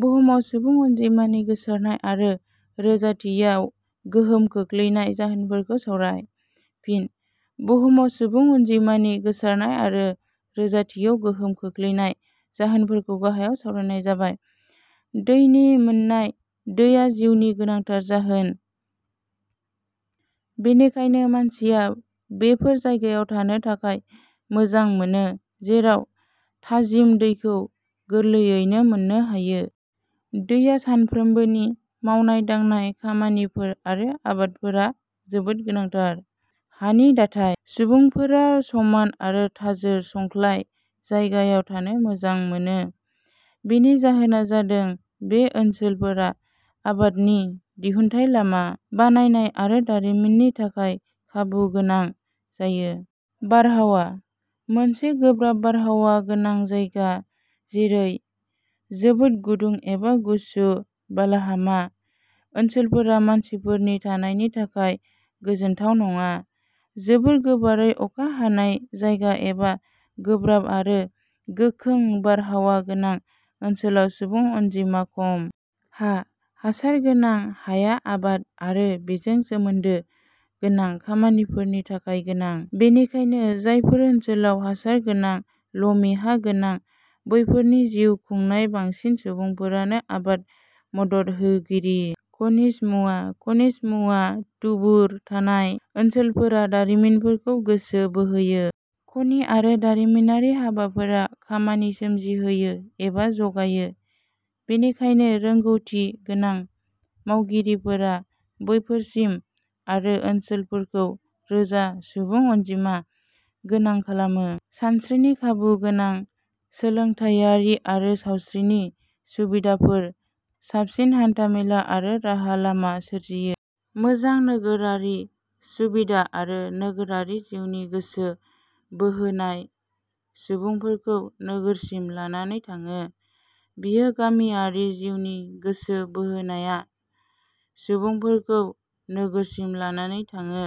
बुहुमाव सुबुं अनजिमानि गोसारनाय आरो रोजाथियाव गोहोम खोख्लैनाय जाहोनफोरखौ सावराय। फिन: बुहुमआव सुबुं अनजिमानि गोसारनाय आरो रोजाथियाव गोहोम खोख्लैनाय जाहोनफोरखौ गाहायाव सावरायनाय जाबाय। दैनि मोननाय: दैआ जिउनि गोनांथार जाहोन। बेनिखायनो मानसिया बेफोर जायगायाव थानो थाखाय मोजां मोनो, जेराव थाजिम दैखौ गोरलैयैनो मोननो हायो। दैआ सानफ्रोमबोनि मावनाय-दांनाय खामानिफोर आरो आबादफोरआ जोबोद गोनांथार। हानि दाथाइ: सुबुंफोरा समान आरो थाजोर संख्लाय जायगायाव थानो मोजां मोनो। बेनि जाहोना जादों- बे ओनसोलफोरा आबादनि दिहुनथाइ, लामा बानायनाय आरो दारिमिननि थाखाय खाबु गोनां जायो। बारहावा: मोनसे गोब्राब बारहावा गोनां जायगा, जेरै- जोबोद गुदुं एबा गुसु, बालाहामा ओनसोलफोरा मानसिफोरनि थानायनि थाखाय गोजोनथाव नङा। जोबोर गोबारै अखा हानाय जायगा एबा गोब्राब आरो गोखों बारहावा गोनां ओनसोलाव सुबुं अनजिमा खम। हा: हासार गोनां हाया आबाद आरो बेजों सोमोन्दो गोनां खामानिफोरनि थाखाय गोनां। बेनिखायनो जायफोर ओनसोलाव हासार गोनां लमिहा गोनां बैफोरनि जिउ खुंनाय बांसिन सुबुंफोरानो आबाद मदद होगिरि। खनिज मुवा: खनिज मुवा थुबुर थानाय ओनसोलफोरा दारिमिनफोरखौ गोसो बोहोयो। खनि आरो दारिमिनारि हाबाफोरा खामानि सोमजिहोयो एबा जगायो। बेनिखायनो, रोंगौथि गोनां मावगिरिफोरा बैफोरसिम आरो ओनसोलफोरखौ रोजा सुबुं अनजिमा गोनां खालामो। सानस्रिनि खाबु गोनां, सोलोंथाइयारि आरो सावस्रिनि सुबिदाफोर, साबसिन हान्थामेला आरो राहा लामा सोरजियो। मोजां नोगोरारि सुबिदा आरो नोगोरारि जिउनि गोसो बोहोनाया सुबुंफोरखौ नोगोरसिम लानानै थाङो। बियो गामियारि जिउनि गोसो बोहोनाया सुबुंफोरखौ नोगोरसिम लानानै थाङो।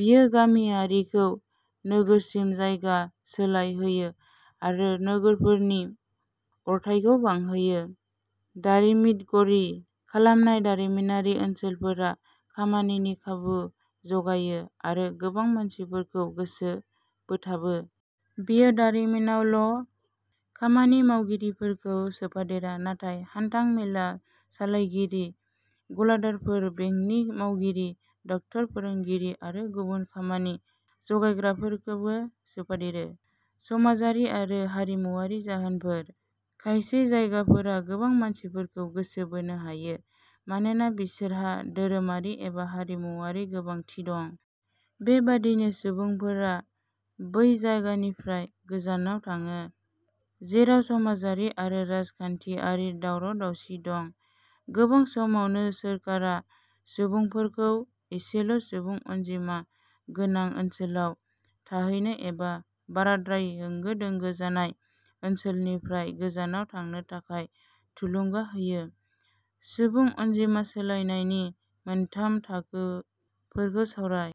बियो गामियारिखौ नोगोरसिम जायगा सोलाय होयो आरो नोगोरफोरनि अरथाइखौ बांहोयो। दारिमितगरि खालामनाय: दारिमिनारि ओनसोलफोरा खामानिनि खाबु जगायो आरो गोबां मानसिफोरखौ गोसो बोथाबो। बेयो दारिमिनावल' खामानि मावगिरि फोरखौ सोफादेरा नाथाय हान्थां मेला सालायगिरि, गलादारफोर, बेंकनि मावगिरि, डाक्टर, फोरोंगिरि आरो गुबुन खामानि जगायग्राफोरखौबो सोफादेरो। समाजारि आरो हारिमुआरि जाहोनफोर: खायसे जायगाफोरा गोबां मानसिफोरखौ गोसो बोनो हायो, मानोना बिसोरहा धोरोमारि एबा हारिमुआरि गोनांथि दं। बे बादिनो सुबुंफोरा बै जायगानिफ्राय गोजानाव थाङो, जेराव समाजारि आरो राजखान्थिआरि दावराव दावसि दं। गोबां समावनो सोरखारा सुबुंफोरखौ ऐसल' सुबुं अनजिमा गोनां ओनसोलाव थाहैनो एबा बाराद्राय होंगो-दोंगो जानाय ओनसोलनिफ्राय गोजानाव थांनो थाखाय थुलुंगा होयो।. सुबुं अनजिमा सोलायनायनि मोनथाम थाखोफोरखौ सावराय।